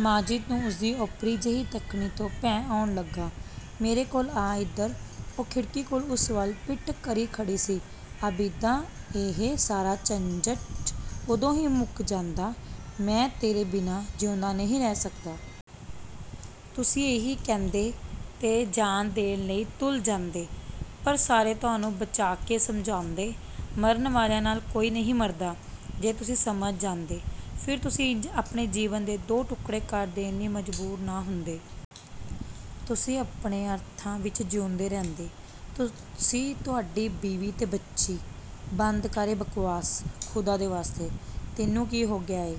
"ਮਾਜਿਦ ਨੂੰ ਉਸਦੀ ਓਪਰੀ-ਜਿਹੀ ਤੱਕਣੀ ਤੋਂ ਭੈ ਆਉਣ ਲੱਗਾ। 'ਮੇਰੇ ਕੋਲ ਆ ਇੱਧਰ!'" ਉਹ ਖਿੜਕੀ ਕੋਲ ਉਸ ਵੱਲ ਪਿੱਠ ਕਰੀ ਖੜ੍ਹੀ ਸੀ। "ਆਬਿਦਾ" "ਇਹ ਸਾਰਾ ਝੰਜਟ ਉਦੋਂ ਹੀ ਮੁੱਕ ਜਾਂਦਾ" "ਮੈਂ ਤੇਰੇ ਬਿਨਾਂ ਜਿਊਂਦਾ ਨਹੀਂ ਰਹਿ ਸਕਦਾ।" "ਤੁਸੀਂ ਇਹੀ ਕਹਿੰਦੇ, ਤੇ ਜਾਨ ਦੇਣ ਲਈ ਤੁਲ ਜਾਂਦੇ। ਪਰ ਸਾਰੇ ਤੁਹਾਨੂੰ ਬਚਾਅ ਕੇ ਸਮਝਾਉਂਦੇ, 'ਮਰਨ ਵਾਲਿਆਂ ਨਾਲ ਕੋਈ ਨਹੀਂ ਮਰਦਾ।' ਤੇ ਤੁਸੀਂ ਸਮਝ ਜਾਂਦੇ। ਫਿਰ ਤੁਸੀਂ ਇੰਜ ਆਪਣੇ ਜੀਵਨ ਦੇ ਦੋ ਟੁਕੜੇ ਕਰ ਦੇਣ ਲਈ ਮਜਬੂਰ ਨਾ ਹੁੰਦੇ। ਤੁਸੀਂ ਆਪਣੇ ਅਰਥਾਂ ਵਿੱਚਜਿਊਂਦੇ ਰਹਿੰਦੇ। ਤੁਸੀਂ, ਤੁਹਾਡੀ ਬੀਵੀ ਤੇ ਬੱਚੀ।" "ਬੰਦ ਕਰ ਇਹ ਬਕਵਾਸ, ਖ਼ੁਦਾ ਦੇ ਵਾਸਤੇ! ਤੈਨੂੰ ਕੀ ਹੋ ਗਿਆ ਹੈ?"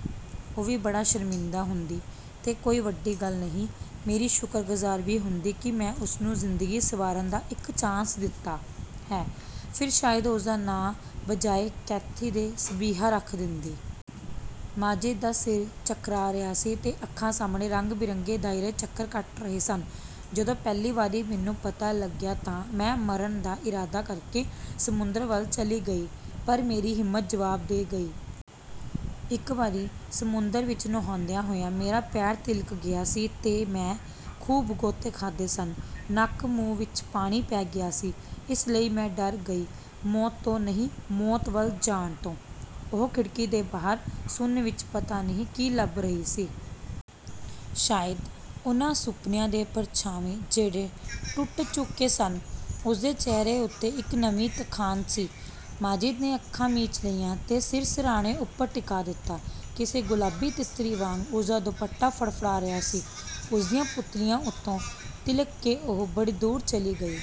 "ਉਹ ਵੀ ਬੜੀ ਸ਼ਰਮਿੰਦਾ ਹੁੰਦੀ। ਤੇ ਕੋਈ ਵੱਡੀ ਗੱਲ ਨਹੀਂ, ਮੇਰੀ ਸ਼ੁਕਰਗੁਜ਼ਾਰ ਵੀ ਹੁੰਦੀ ਕਿ ਮੈਂ ਉਸਨੂੰ ਜ਼ਿੰਦਗੀ ਸੰਵਾਰਨ ਦਾ ਇੱਕ ਚਾਂਸ ਦਿੱਤਾ ਹੈ, ਫਿਰ ਸ਼ਾਇਦ ਉਸਦਾ ਨਾਂ ਬਜਾਏ ਕੈਥੀ ਦੇ ਸਬੀਹਾ ਰੱਖ ਦੇਂਦੀ।" ਮਾਜਿਦ ਦਾ ਸਿਰ ਚਕਰਾ ਰਿਹਾ ਸੀ ਤੇ ਅੱਖਾਂ ਸਾਹਮਣੇ ਰੰਗ-ਬਿਰੰਗੇ ਦਾਇਰੇ ਚੱਕਰ ਕੱਟ ਰਹੇ ਸਨ। "ਜਦੋਂ ਪਹਿਲੀ ਵਾਰੀ ਮੈਨੂੰ ਪਤਾ ਲੱਗਿਆ ਤਾਂ ਮੈਂ ਮਰਨ ਦਾ ਇਰਾਦਾ ਕਰਕੇ ਸਮੁੰਦਰ ਵੱਲ ਚਲੀ ਗਈ, ਪਰ ਮੇਰੀ ਹਿੰਮਤ ਜਵਾਬ ਦੇ ਗਈ। ਇੱਕ ਵਾਰੀ ਸਮੁੰਦਰ ਵਿੱਚ ਨਹਾਉਂਦਿਆਂ ਹੋਇਆਂ ਮੇਰਾ ਪੈਰ ਤਿਲ੍ਹਕ ਗਿਆ ਸੀ ਤੇ ਮੈਂ ਖੂਬ ਗੋਤੇ ਖਾਧੇ ਸਨ, ਨੱਕ-ਮੂੰਹ ਵਿੱਚ ਪਾਣੀ ਪੈ ਗਿਆ ਸੀ। ਇਸ ਲਈ ਮੈਂ ਡਰ ਗਈ, ਮੌਤ ਤੋਂ ਨਹੀਂ, ਮੌਤ ਵੱਲ ਜਾਣ ਤੋਂ" ਉਹ ਖਿੜਕੀ ਦੇ ਬਾਹਰ ਸੁੰਨ ਵਿੱਚ ਪਤਾ ਨਹੀਂ ਕੀ ਲੱਭ ਰਹੀ ਸੀ? ਸ਼ਾਇਦ ਉਹਨਾਂ ਸੁਪਨਿਆਂ ਦੇ ਪਰਛਾਵੇਂ, ਜਿਹੜੇ ਟੁੱਟ ਚੁੱਕੇ ਸਨ। ਉਸਦੇ ਚਿਹਰੇ ਉੱਤੇ ਇੱਕ ਨਵੀਂ ਥਕਾਨ ਸੀ। ਮਾਜਿਦ ਨੇ ਅੱਖਾਂ ਮੀਚ ਲਈਆਂ ਤੇ ਸਿਰ ਸਿਰਹਾਣੇ ਉੱਪਰ ਟਿਕਾ ਦਿੱਤਾ। ਕਿਸੇ ਗੁਲਾਬੀ ਤਿੱਤਰੀ ਵਾਂਗ ਉਸਦਾ ਦੁਪੱਟਾ ਫੜਫੜਾ ਰਿਹਾ ਸੀ, ਉਸਦੀਆਂ ਪੁਤਲੀਆਂ ਉਤੋਂ ਤਿਲ੍ਹਕ ਕੇ ਉਹ ਬੜੀ ਦੂਰ ਚਲੀ ਗਈ।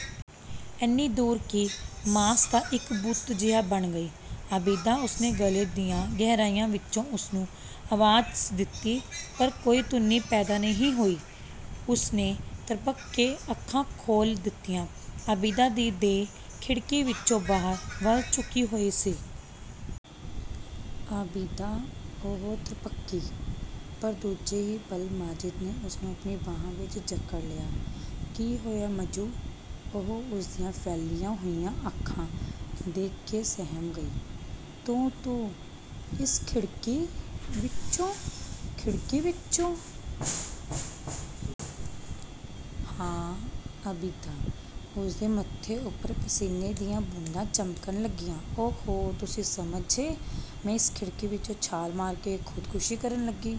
ਇੰਨੀ ਦੂਰ ਕਿ ਮਾਸ ਦਾ ਇੱਕ ਬੁੱਤ ਜਿਹਾ ਬਣ ਗਈ। "ਆਬਿਦਾ" ਉਸਨੇ ਗਲ਼ੇ ਦੀਆਂ ਗਹਿਰਾਈਆਂ ਵਿੱਚੋਂ ਉਸਨੂੰ ਆਵਾਜ਼ ਦਿੱਤੀ, ਪਰ ਕੋਈ ਧੁਨੀ ਪੈਦਾ ਨਹੀਂ ਹੋਈ। ਉਸਨੇ ਤ੍ਰਭਕ ਕੇ ਅੱਖਾਂ ਖੋਲ੍ਹ ਦਿੱਤੀਆਂ। ਆਬਿਦਾ ਦੀ ਦੇਹ ਖਿੜਕੀ ਵਿੱਚੋਂ ਬਾਹਰ ਵੱਲ ਝੁਕੀ ਹੋਈ ਸੀ। "ਆਬਿਦਾ" ਉਹ ਤ੍ਰਭਕੀ। ਪਰ ਦੂਜੇ ਹੀ ਪਲ ਮਾਜਿਦ ਨੇ ਉਸਨੂੰ ਆਪਣੀਆਂ ਬਾਹਾਂ ਵਿੱਚ ਜਕੜ ਲਿਆ। "ਕੀ ਹੋਇਆ ਮੱਜੂ?" ਉਹ ਉਸਦੀਆਂ ਫੈਲੀਆਂ ਹੋਈਆਂ ਅੱਖਾਂ ਦੇਖ ਕੇ ਸਹਿਮ ਗਈ। "ਤੂੰ-ਤੂੰ, ਇਸ ਖਿੜਕੀ ਵਿੱਚੋਂ" "ਖਿੜਕੀ ਵਿੱਚੋਂ?" "ਹਾਂ, ਆਬਿਦਾ," ਉਸਦੇ ਮੱਥੇ ਉੱਪਰ ਪਸੀਨੇ ਦੀਆਂ ਬੂੰਦਾਂ ਚਮਕਣ ਲੱਗੀਆਂ। "ਓ-ਹੋ, ਤੁਸੀਂ ਸਮਝੇ, ਮੈਂ ਇਸ ਖਿੜਕੀ ਵਿੱਚੋਂ ਛਾਲ ਮਾਰ ਕੇ ਖੁਦਕਸ਼ੀ ਕਰਨ ਲੱਗੀ"